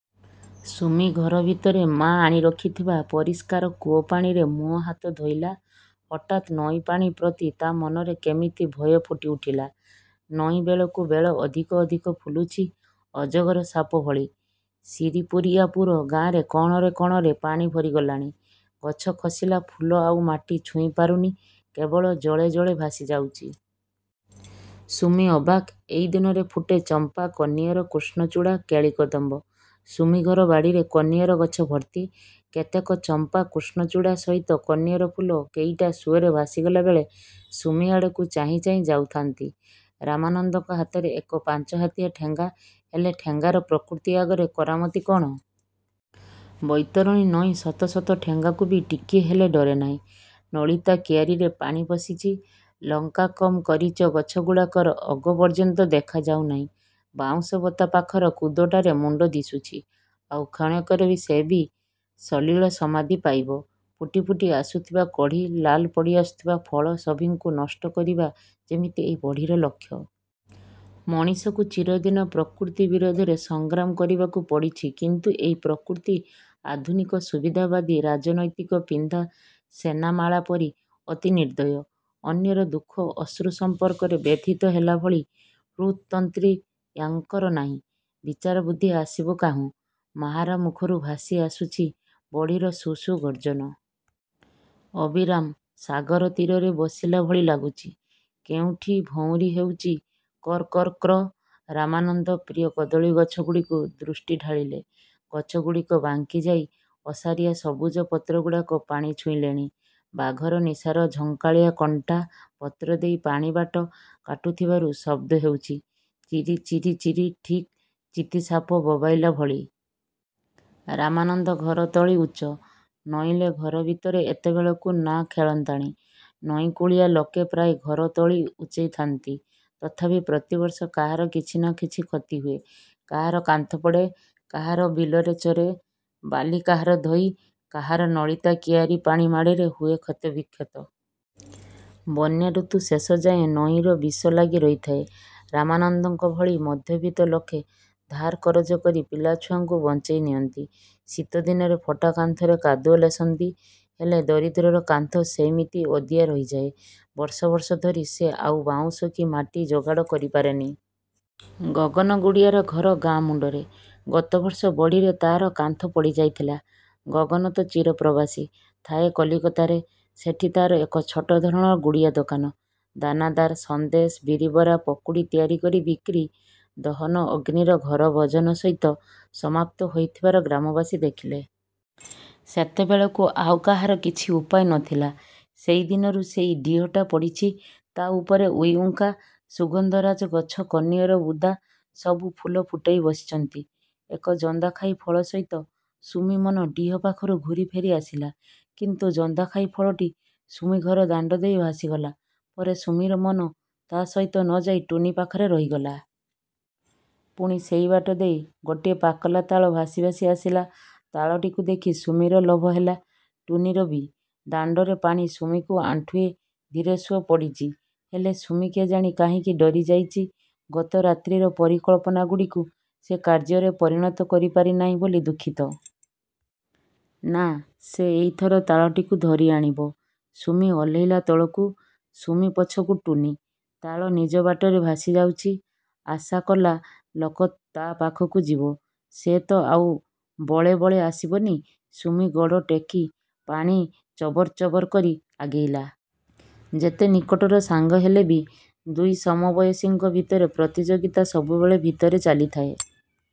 ସୁମି ଘରଭିତରେ ମା ଆଣି ରଖିଥିବା ପରିଷ୍କାର କୂଅପାଣିରେ ମୁଁହହାତ ଧୋଇଲା। ହଠାତ୍ ନଈପାଣି ପ୍ରତି ତା' ମନରେ କେମିତି ଭୟ ଫୁଟି ଉଠିଲା। ନଈ ବେଳକୁ ବେଳ ଅଧିକ ଅଧିକ ଫୁଲୁଛି–ଅଜଗର ସାପ ଭଳି। ଶିରିପୁରିଆପୁର ଗାଁରେ କଣରେ କଣରେ ପାଣି ଭରିଗଲାଣି। ଗଛ ଖସିଲା ଫୁଲ ଆଉ ମାଟି ଛୁଇଁପାରୁନି–କେବଳ ଜଳେ ଜଳେ ଭାସିଯାଉଚି। ସୁମି ଅବାକ୍। ଏଇ ଦିନରେ ଫୁଟେ ଚମ୍ପା, କନିଅର, କୃଷ୍ଣଚୂଡ଼ା, କେଳି-କଦମ୍ବ। ସୁମିଘର ବାଡ଼ିରେ କନିଅର ଗଛ ଭର୍ତ୍ତି। କେତେକ ଚମ୍ପା–କୃଷ୍ଣଚୂଡ଼ା ସହିତ କନିଅର ଫୁଲ କେଇଟା ସୁଅରେ ଭାସିଗଲା ବେଳେ ସୁମିଆଡ଼କୁ ଚାହିଁ ଚାହିଁ ଯାଉଥାନ୍ତି। ରାମାନନ୍ଦଙ୍କ ହାତରେ ଏକ ପାଞ୍ଚହାତିଆ ଠେଙ୍ଗା। ହେଲେ, ଠେଙ୍ଗାର ପ୍ରକୃତି ଆଗରେ କରାମତି କଣ? ବୈତରଣୀ ନଈ ଶତ ଶତ ଠେଙ୍ଗାକୁ ବି ଟିକିଏ ହେଲେ ଡରେନାଇଁ। ନଳିତା କିଆରୀରେ ପାଣି ପଶିଚି। ଲଙ୍କାକମକରିଚ ଗଛଗୁଡାକର ଅଗ ପର୍ଯ୍ୟନ୍ତ ଦେଖା ଯାଉନାଇଁ। ବାଉଁଶ ବତା ପାଖର କୁଦଟାର ମୁଣ୍ଡ ଦିଶୁଚି। ଆଉ କ୍ଷଣକରେ ସେ ବି ସଲିଳ ସମାଧି ପାଇବ। ଫୁଟି ଫୁଟି ଆସୁଥିବା କଢ଼ି, ଲାଲ ପଡ଼ି ଆସୁଥିବା ଫଳ–ସଭିଙ୍କୁ ନଷ୍ଟ କରିବା ଯେମିତି ଏଇ ବଢ଼ିର ଲକ୍ଷ୍ୟ। ମଣିଷକୁ ଚିରଦିନ ପ୍ରକୃତି ବିରୋଧରେ ସଂଗ୍ରାମ କରିବାକୁ ପଡ଼ିଛି କିନ୍ତୁ ଏଇ ପ୍ରକୃତି ଆଧୁନିକ ସୁବିଧାବାଦୀ ରାଜନୈତିକ ପିନ୍ଧା ସେନାମାଳା ପରି ଅତି ନିର୍ଦ୍ଦୟ। ଅନ୍ୟର ଦୁଃଖ-ଅଶ୍ରୁ ସମ୍ପର୍କରେ ବ୍ୟଥିତ ହେଲାଭଳି ହୃତ୍-ତନ୍ତ୍ରୀ ୟା'ଙ୍କର ନାଇଁ। ବିଚାର ବୁଦ୍ଧି ଆସିବ କାହୁଁ? ମାହାରା ମୁଖରୁ ଭାସି ଆସୁଚି ବଢ଼ିର ସୁ-ସୁ ଗର୍ଜନ। ଅବିରାମ। ସାଗର ତୀରରେ ବସିଲା ଭଳି ଲାଗୁଚି। କେଉଁଠି ଭଉଁରୀ ହେଉଚି–କର୍-କର୍ କ୍ର। ରାମାନନ୍ଦ ପ୍ରିୟ କଦଳୀଗଛଗୁଡ଼ିକୁ ଦୃଷ୍ଟି ଢାଳିଲେ। ଗଛଗୁଡ଼ିକ ବାଙ୍କିଯାଇ ଓସାରିଆ ସବୁଜ ପତ୍ରଗୁଡାକ ପାଣି ଛୁଇଁଲେଣି। ବାଘର ନିଶାର ଝଙ୍କାଳିଆ କଣ୍ଟା, ପତ୍ରଦେଇ ପାଣି ବାଟ କାଟୁଥିବାରୁ ଶବ୍ଦ ହେଉଚି–ଚିରି-ଚିରି-ଚିରି–ଠିକ୍ ଚିତିସାପ ବୋବେଇଲା ଭଳି। ରାମାନନ୍ଦ ଘରତଳି ଉଚ୍ଚ। ନଇଲେ ଘର ଭିତରେ ଏତେବେଳକୁ ନାଆ ଖେଳନ୍ତାଣି। ନଈକୂଳିଆ ଲୋକେ ପ୍ରାୟ ଘରତଳି ଉଚ୍ଚେଇଥାନ୍ତି। ତଥାପି ପ୍ରତିବର୍ଷ କାହାର କିଛି ନା କିଛି କ୍ଷତି ହୁଏ। କାହାର କାନ୍ଥ ପଡ଼େ–କାହାର ବିଲରେ ଚରେ ବାଲି–କାହାର ଧୋଇ। କାହାର ନଳିତା କିଆରୀ ପାଣି ମାଡ଼ରେ ହୁଏ କ୍ଷତବିକ୍ଷତ। ବନ୍ୟା ଋତୁ ଶେଷ ଯାଏଁ ନଈର ବିଷ ଲାଗି ରହିଥାଏ। ରାମାନନ୍ଦଙ୍କ ଭଳି ମଧ୍ୟବିତ୍ତ ଲୋକେ ଧାର କରଜ କରି ପିଲା ଛୁଆଙ୍କୁ ବଞ୍ଚେଇ ନିଅନ୍ତି। ଶୀତ ଦିନରେ ଫଟା କାନ୍ଥରେ କାଦୁଅ ଲେସନ୍ତି। ହେଲେ ଦରିଦ୍ରର କାନ୍ଥ ସେଇମିତି ଅଦିଆ ରହିଯାଏ। ବର୍ଷ ବର୍ଷ ଧରି ସେ ଆଉ ବାଉଁଶ କି ମାଟି ଯୋଗାଡ଼ କରିପାରେନି। ଗଗନଗୁଡ଼ିଆ ଘର ଗାଁ-ମୁଣ୍ଡରେ। ଗତ ବର୍ଷ ବଢ଼ିରେ ତାର କାନ୍ଥ ପଡ଼ି ଯାଇଥିଲା। ଗଗନ ତ ଚିର ପ୍ରବାସୀ। ଥାଏ କଲିକତାରେ। ସେଠି ତାର ଏକ ଛୋଟ ଧରଣର ଗୁଡ଼ିଆ ଦୋକାନ। ଦାନାଦାର, ସନ୍ଦେଶ, ବିରିବରା, ପକୁଡ଼ି ତିଆରି କରି ବିକ୍ରି। ଦହନ ଅଗ୍ନିର ଘର ଭୋଜନ ସହିତ ସମାପ୍ତ ହୋଇଥିବାର ଗ୍ରାମବାସୀ ଦେଖିଲେ। ସେତେବେଳକୁ ଆଉ କାହାର କିଛି ଉପାୟ ନଥିଲା। ସେଇଦିନରୁ ସେଇ ଢିଅଟା ପଡ଼ିଚି। ତା ଉପରେ ଉଈହୁଙ୍କା। ସୁଗନ୍ଧରାଜ ଗଛ–କନିଅର ବୁଦା ସବୁ ଫୁଲ ଫୁଟେଇ ବସିଚନ୍ତି। ଏକ ଜନ୍ଦାଖାଇ ଫଳ ସହିତ ସୁମି ମନ ଢିଅ ପାଖରୁ ଘୂରି ଫେରି ଆସିଲା। କିନ୍ତୁ ଜନ୍ଦାଖାଇ ଫଳଟି ସୁମି-ଘର ଦାଣ୍ଡଦେଇ ଭାସିଗଲା ପରେ ସୁମିର ମନ ତା ସହିତ ନଯାଇ ଟୁନୀ ପାଖରେ ରହିଗଲା। ପୁଣି ସେଇବାଟ ଦେଇ ଗୋଟିଏ ପାକଲା ତାଳ ଭାସି ଭାସି ଆସିଲା, ତାଳଟିକୁ ଦେଖି ସୁମିର ଲୋଭ ହେଲା। ଟୁନୀର ବି। ଦାଣ୍ଡରେ ପାଣି ସୁମିକୁ ଆଣ୍ଠୁଏ;–ଧୀର ସୁଅ ପଡ଼ିଚି। ହେଲେ ସୁମି କେଜାଣି କାହିଁକି ଡରି ଯାଇଚି। ଗତ ରାତ୍ରିର ପରିକଳ୍ପନାଗୁଡ଼ିକୁ ସେ କାର୍ଯ୍ୟରେ ପରିଣତ କରିପାରି ନାଇଁ ବୋଲି ଦୁଃଖିତ। ନା–ସେ ଏଇଥର ତାଳଟିକୁ ଧରି ଆଣିବ। ସୁମି ଓହ୍ଲେଇଲା ତଳକୁ। ସୁମି ପଛକୁ ଟୁନୀ। ତାଳ ନିଜ ବାଟରେ ଭାସି ଯାଉଛି। ଆଶା କଲା ଲୋକ ତା ପାଖକୁ ଯିବ। ସେ ତ ଆଉ ବଳେ ବଳେ ଆସିବନି। ସୁମି ଗୋଡ଼ ଟେକି ପାଣି ଚବର୍ ଚବର୍ କରି ଆଗେଇଲା। ଯେତେ ନିକଟର ସାଙ୍ଗ ହେଲେ ବି ଦୁଇ ସମବୟସୀଙ୍କ ଭିତରେ ପ୍ରତିଯୋଗିତା ସବୁବେଳେ ଭିତରେ ଚାଲିଥାଏ।